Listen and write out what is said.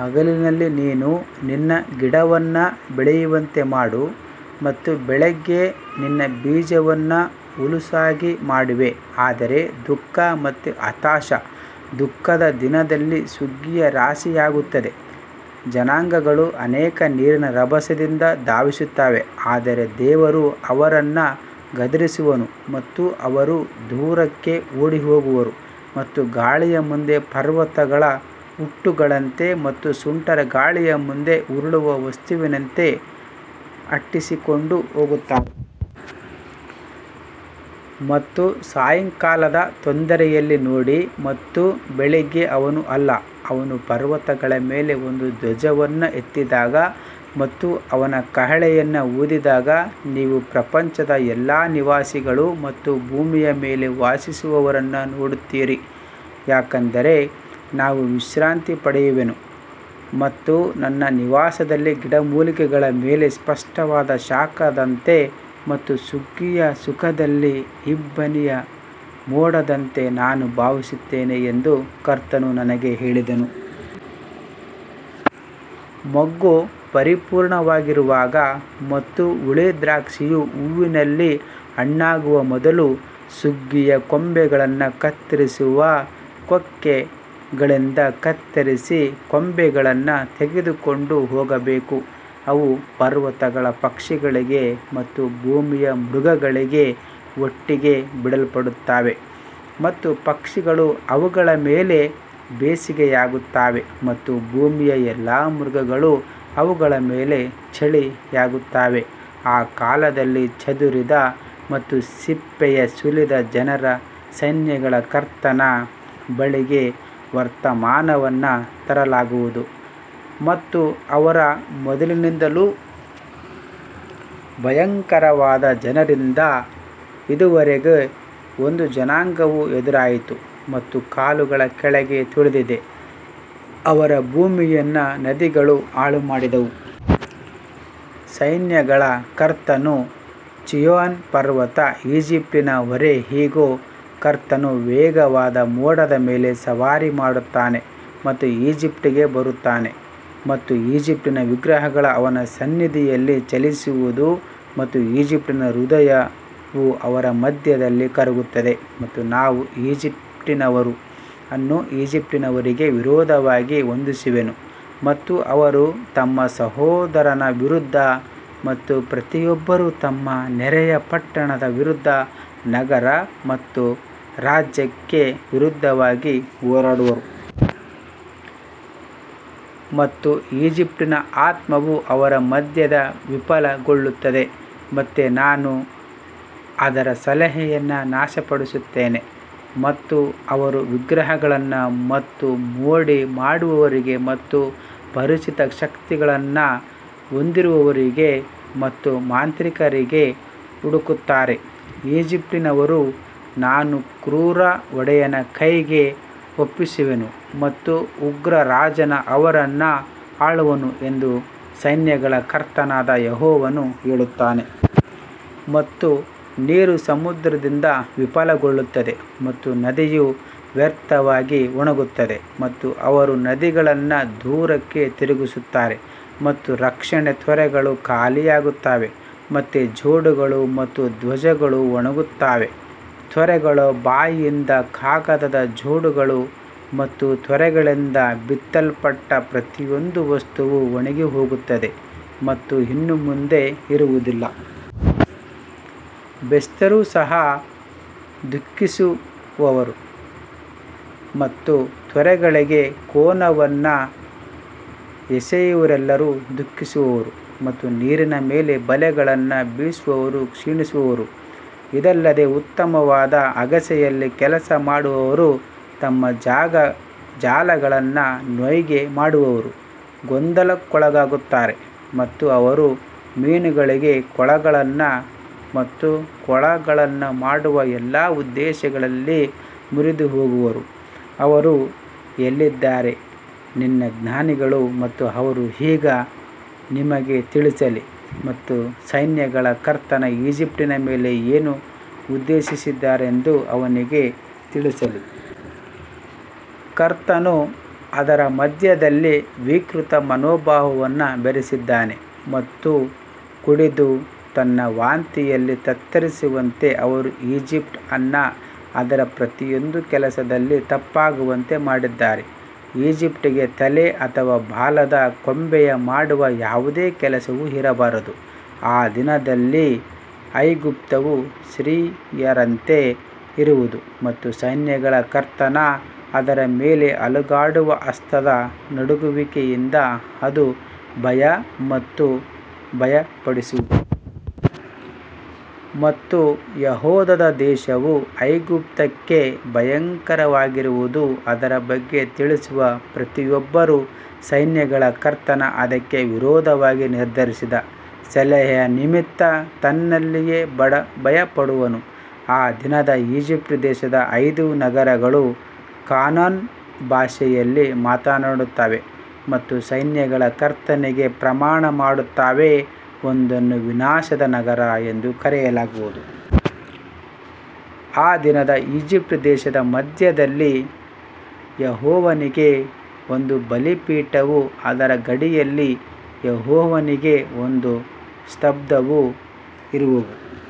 ಹಗಲಿನಲ್ಲಿ ನೀನು ನಿನ್ನ ಗಿಡವನ್ನು ಬೆಳೆಯುವಂತೆ ಮಾಡು ಮತ್ತು ಬೆಳಿಗ್ಗೆ ನಿನ್ನ ಬೀಜವನ್ನು ಹುಲುಸಾಗಿ ಮಾಡುವೆ ಆದರೆ ದುಃಖ ಮತ್ತು ಹತಾಶ ದುಃಖದ ದಿನದಲ್ಲಿ ಸುಗ್ಗಿಯು ರಾಶಿಯಾಗಿರುತ್ತದೆ ಜನಾಂಗಗಳು ಅನೇಕ ನೀರಿನ ರಭಸದಿಂದ ಧಾವಿಸುತ್ತವೆ ಆದರೆ ದೇವರು ಅವರನ್ನು ಗದರಿಸುವನು ಮತ್ತು ಅವರು ದೂರಕ್ಕೆ ಓಡಿಹೋಗುವರು ಮತ್ತು ಗಾಳಿಯ ಮುಂದೆ ಪರ್ವತಗಳ ಹೊಟ್ಟುಗಳಂತೆ ಮತ್ತು ಸುಂಟರಗಾಳಿಯ ಮುಂದೆ ಉರುಳುವ ವಸ್ತುವಿನಂತೆ ಅಟ್ಟಿಸಿಕೊಂಡು ಹೋಗುತ್ತಾರೆ. ಮತ್ತು ಸಾಯಂಕಾಲದ ತೊಂದರೆಯಲ್ಲಿ ನೋಡಿ ಮತ್ತು ಬೆಳಿಗ್ಗೆ ಅವನು ಅಲ್ಲ ಅವನು ಪರ್ವತಗಳ ಮೇಲೆ ಒಂದು ಧ್ವಜವನ್ನು ಎತ್ತಿದಾಗ ಮತ್ತು ಅವನು ಕಹಳೆಯನ್ನು ಊದಿದಾಗ ನೀವು ಪ್ರಪಂಚದ ಎಲ್ಲಾ ನಿವಾಸಿಗಳು ಮತ್ತು ಭೂಮಿಯ ಮೇಲೆ ವಾಸಿಸುವವರನ್ನು ನೋಡುತ್ತೀರಿ. ಯಾಕಂದರೆ ನಾನು ವಿಶ್ರಾಂತಿ ಪಡೆಯುವೆನು ಮತ್ತು ನನ್ನ ನಿವಾಸದಲ್ಲಿ ಗಿಡಮೂಲಿಕೆಗಳ ಮೇಲೆ ಸ್ಪಷ್ಟವಾದ ಶಾಖದಂತೆ ಮತ್ತು ಸುಗ್ಗಿಯ ಶಾಖದಲ್ಲಿ ಇಬ್ಬನಿಯ ಮೋಡದಂತೆ ನಾನು ಭಾವಿಸುತ್ತೇನೆ ಎಂದು ಕರ್ತನು ನನಗೆ ಹೇಳಿದನು. ಮೊಗ್ಗು ಪರಿಪೂರ್ಣವಾಗಿರುವಾಗ ಮತ್ತು ಹುಳಿ ದ್ರಾಕ್ಷಿಯು ಹೂವಿನಲ್ಲಿ ಹಣ್ಣಾಗುವ ಮೊದಲು ಸುಗ್ಗಿಯ ಕೊಂಬೆಗಳನ್ನು ಕತ್ತರಿಸುವ ಕೊಕ್ಕೆಗಳಿಂದ ಕತ್ತರಿಸಿ ಕೊಂಬೆಗಳನ್ನು ತೆಗೆದುಕೊಂಡು ಹೋಗಬೇಕು. ಅವು ಪರ್ವತಗಳ ಪಕ್ಷಿಗಳಿಗೆ ಮತ್ತು ಭೂಮಿಯ ಮೃಗಗಳಿಗೆ ಒಟ್ಟಿಗೆ ಬಿಡಲ್ಪಡುತ್ತವೆ ಮತ್ತು ಪಕ್ಷಿಗಳು ಅವುಗಳ ಮೇಲೆ ಬೇಸಿಗೆಯಾಗುತ್ತವೆ ಮತ್ತು ಭೂಮಿಯ ಎಲ್ಲಾ ಮೃಗಗಳು ಅವುಗಳ ಮೇಲೆ ಚಳಿಗಾಲವಾಗುತ್ತವೆ ಆ ಕಾಲದಲ್ಲಿ ಚದುರಿದ ಮತ್ತು ಸಿಪ್ಪೆ ಸುಲಿದ ಜನರ ಸೈನ್ಯಗಳ ಕರ್ತನ ಬಳಿಗೆ ವರ್ತಮಾನವನ್ನು ತರಲಾಗುವುದು ಮತ್ತು ಅವರ ಮೊದಲಿನಿಂದಲೂ ಭಯಂಕರವಾದ ಜನರಿಂದ ಇದುವರೆಗೆ ಒಂದು ಜನಾಂಗವು ಎದುರಾಯಿತು ಮತ್ತು ಕಾಲುಗಳ ಕೆಳಗೆ ತುಳಿದಿದೆ ಅವರ ಭೂಮಿಯನ್ನು ನದಿಗಳು ಹಾಳುಮಾಡಿದವು. ಸೈನ್ಯಗಳ ಕರ್ತನು ಚೀಯೋನ್ ಪರ್ವತ ಈಜಿಪ್ಟಿನ ಹೊರೆ ಇಗೋ, ಕರ್ತನು ವೇಗವಾದ ಮೋಡದ ಮೇಲೆ ಸವಾರಿ ಮಾಡುತ್ತಾನೆ ಮತ್ತು ಈಜಿಪ್ಟಿಗೆ ಬರುತ್ತಾನೆ ಮತ್ತು ಈಜಿಪ್ಟಿನ ವಿಗ್ರಹಗಳು ಅವನ ಸನ್ನಿಧಿಯಲ್ಲಿ ಚಲಿಸುವವು ಮತ್ತು ಈಜಿಪ್ಟಿನ ಹೃದಯವು ಅದರ ಮಧ್ಯದಲ್ಲಿ ಕರಗುತ್ತದೆ ಮತ್ತು ನಾನು ಈಜಿಪ್ಟಿನವರನ್ನು ಈಜಿಪ್ಟಿನವರಿಗೆ ವಿರುದ್ಧವಾಗಿ ಹೊಂದಿಸುವೆನು ಮತ್ತು ಅವರು ತಮ್ಮ ಸಹೋದರನ ವಿರುದ್ಧ ಮತ್ತು ಪ್ರತಿಯೊಬ್ಬರೂ ತಮ್ಮ ನೆರೆಯ ಪಟ್ಟಣದ ವಿರುದ್ಧ ನಗರ ಮತ್ತು ರಾಜ್ಯಕ್ಕೆ ವಿರುದ್ಧವಾಗಿ ಹೋರಾಡುವರು. ಮತ್ತು ಈಜಿಪ್ಟಿನ ಆತ್ಮವು ಅದರ ಮಧ್ಯದಲ್ಲಿ ವಿಫಲಗೊಳ್ಳುತ್ತದೆ ಮತ್ತು ನಾನು ಅದರ ಸಲಹೆಯನ್ನು ನಾಶಪಡಿಸುತ್ತೇನೆ ಮತ್ತು ಅವರು ವಿಗ್ರಹಗಳನ್ನು ಮತ್ತು ಮೋಡಿ ಮಾಡುವವರಿಗೆ ಮತ್ತು ಪರಿಚಿತ ಶಕ್ತಿಗಳನ್ನು ಹೊಂದಿರುವವರಿಗೆ ಮತ್ತು ಮಾಂತ್ರಿಕರಿಗೆ ಹುಡುಕುತ್ತಾರೆ. ಈಜಿಪ್ಟಿನವರನ್ನು ನಾನು ಕ್ರೂರ ಒಡೆಯನ ಕೈಗೆ ಒಪ್ಪಿಸುವೆನು ಮತ್ತು ಉಗ್ರ ರಾಜನು ಅವರನ್ನು ಆಳುವನು ಎಂದು ಸೈನ್ಯಗಳ ಕರ್ತನಾದ ಯೆಹೋವನು ಹೇಳುತ್ತಾನೆ. ಮತ್ತು ನೀರು ಸಮುದ್ರದಿಂದ ವಿಫಲಗೊಳ್ಳುತ್ತದೆ ಮತ್ತು ನದಿಯು ವ್ಯರ್ಥವಾಗಿ ಒಣಗುತ್ತದೆ ಮತ್ತು ಅವರು ನದಿಗಳನ್ನು ದೂರಕ್ಕೆ ತಿರುಗಿಸುತ್ತಾರೆ ಮತ್ತು ರಕ್ಷಣಾ ತೊರೆಗಳು ಖಾಲಿಯಾಗುತ್ತವೆ ಮತ್ತು ಜೊಂಡುಗಳು ಮತ್ತು ಧ್ವಜಗಳು ಒಣಗುತ್ತವೆ ತೊರೆಗಳ ಬಾಯಿಯಿಂದ ಕಾಗದದ ಜೊಂಡುಗಳು ಮತ್ತು ತೊರೆಗಳಿಂದ ಬಿತ್ತಲ್ಪಟ್ಟ ಪ್ರತಿಯೊಂದು ವಸ್ತುವು ಒಣಗಿಹೋಗುತ್ತದೆ ಮತ್ತು ಇನ್ನು ಮುಂದೆ ಇರುವುದಿಲ್ಲ. ಬೆಸ್ತರು ಸಹ ದುಃಖಿಸುವರು ಮತ್ತು ತೊರೆಗಳಿಗೆ ಕೋನವನ್ನು ಎಸೆಯುವವರೆಲ್ಲರೂ ದುಃಖಿಸುವರು ಮತ್ತು ನೀರಿನ ಮೇಲೆ ಬಲೆಗಳನ್ನು ಬೀಸುವವರು ಕ್ಷೀಣಿಸುವರು. ಇದಲ್ಲದೆ ಉತ್ತಮವಾದ ಅಗಸೆಯಲ್ಲಿ ಕೆಲಸ ಮಾಡುವವರು ಮತ್ತು ಜಾಲಗಳನ್ನು ನೇಯ್ಗೆ ಮಾಡುವವರು ಗೊಂದಲಕ್ಕೊಳಗಾಗುತ್ತಾರೆ ಮತ್ತು ಅವರು ಮೀನುಗಳಿಗೆ ಕೊಳಗಳನ್ನು ಮತ್ತು ಕೊಳಗಳನ್ನು ಮಾಡುವ ಎಲ್ಲಾ ಉದ್ದೇಶಗಳಲ್ಲಿ ಮುರಿದುಹೋಗುವರು ಅವರು ಎಲ್ಲಿದ್ದಾರೆ ನಿನ್ನ ಜ್ಞಾನಿಗಳು ಮತ್ತು ಅವರು ಈಗ ನಿಮಗೆ ತಿಳಿಸಲಿ ಮತ್ತು ಸೈನ್ಯಗಳ ಕರ್ತನು ಈಜಿಪ್ಟಿನ ಮೇಲೆ ಏನು ಉದ್ದೇಶಿಸಿದ್ದಾನೆಂದು ಅವರಿಗೆ ತಿಳಿಸಲಿ. ಕರ್ತನು ಅದರ ಮಧ್ಯದಲ್ಲಿ ವಿಕೃತ ಮನೋಭಾವವನ್ನು ಬೆರೆಸಿದ್ದಾನೆ ಮತ್ತು ಕುಡಿದು ತನ್ನ ವಾಂತಿಯಲ್ಲಿ ತತ್ತರಿಸುವಂತೆ ಅವರು ಈಜಿಪ್ಟ್ ಅನ್ನು ಅದರ ಪ್ರತಿಯೊಂದು ಕೆಲಸದಲ್ಲಿ ತಪ್ಪಾಗುವಂತೆ ಮಾಡಿದ್ದಾರೆ. ಈಜಿಪ್ಟಿಗೆ ತಲೆ ಅಥವಾ ಬಾಲದ ಕೊಂಬೆ ಮಾಡುವ ಯಾವುದೇ ಕೆಲಸವೂ ಇರಬಾರದು ಆ ದಿನದಲ್ಲಿ ಐಗುಪ್ತವು ಸ್ತ್ರೀಯರಂತೆ ಇರುವದು ಮತ್ತು ಸೈನ್ಯಗಳ ಕರ್ತನು ಅದರ ಮೇಲೆ ಅಲುಗಾಡುವ ಹಸ್ತದ ನಡುಗುವಿಕೆಯಿಂದ ಅದು ಭಯ ಮತ್ತು ಭಯಪಡುವದು. ಮತ್ತು ಯೆಹೂದದ ದೇಶವು ಐಗುಪ್ತಕ್ಕೆ ಭಯಂಕರವಾಗಿರುವದು, ಅದರ ಬಗ್ಗೆ ತಿಳಿಸುವ ಪ್ರತಿಯೊಬ್ಬನು ಸೈನ್ಯಗಳ ಕರ್ತನು ಅದಕ್ಕೆ ವಿರುದ್ಧವಾಗಿ ನಿರ್ಧರಿಸಿದ ಸಲಹೆಯ ನಿಮಿತ್ತ ತನ್ನಲ್ಲಿಯೇ ಭಯಪಡುವನು. ಆ ದಿನದಲ್ಲಿ ಈಜಿಪ್ಟ್ ದೇಶದ ಐದು ನಗರಗಳು ಕಾನಾನ್ ಭಾಷೆಯಲ್ಲಿ ಮಾತನಾಡುತ್ತವೆ ಮತ್ತು ಸೈನ್ಯಗಳ ಕರ್ತನಿಗೆ ಪ್ರಮಾಣ ಮಾಡುತ್ತವೆ, ಒಂದನ್ನು ವಿನಾಶದ ನಗರ ಎಂದು ಕರೆಯಲಾಗುವುದು. ಆ ದಿನದಲ್ಲಿ ಈಜಿಪ್ಟ್ ದೇಶದ ಮಧ್ಯದಲ್ಲಿ ಯೆಹೋವನಿಗೆ ಒಂದು ಬಲಿಪೀಠವೂ ಅದರ ಗಡಿಯಲ್ಲಿ ಯೆಹೋವನಿಗೆ ಒಂದು ಸ್ತಂಭವೂ ಇರುವವು.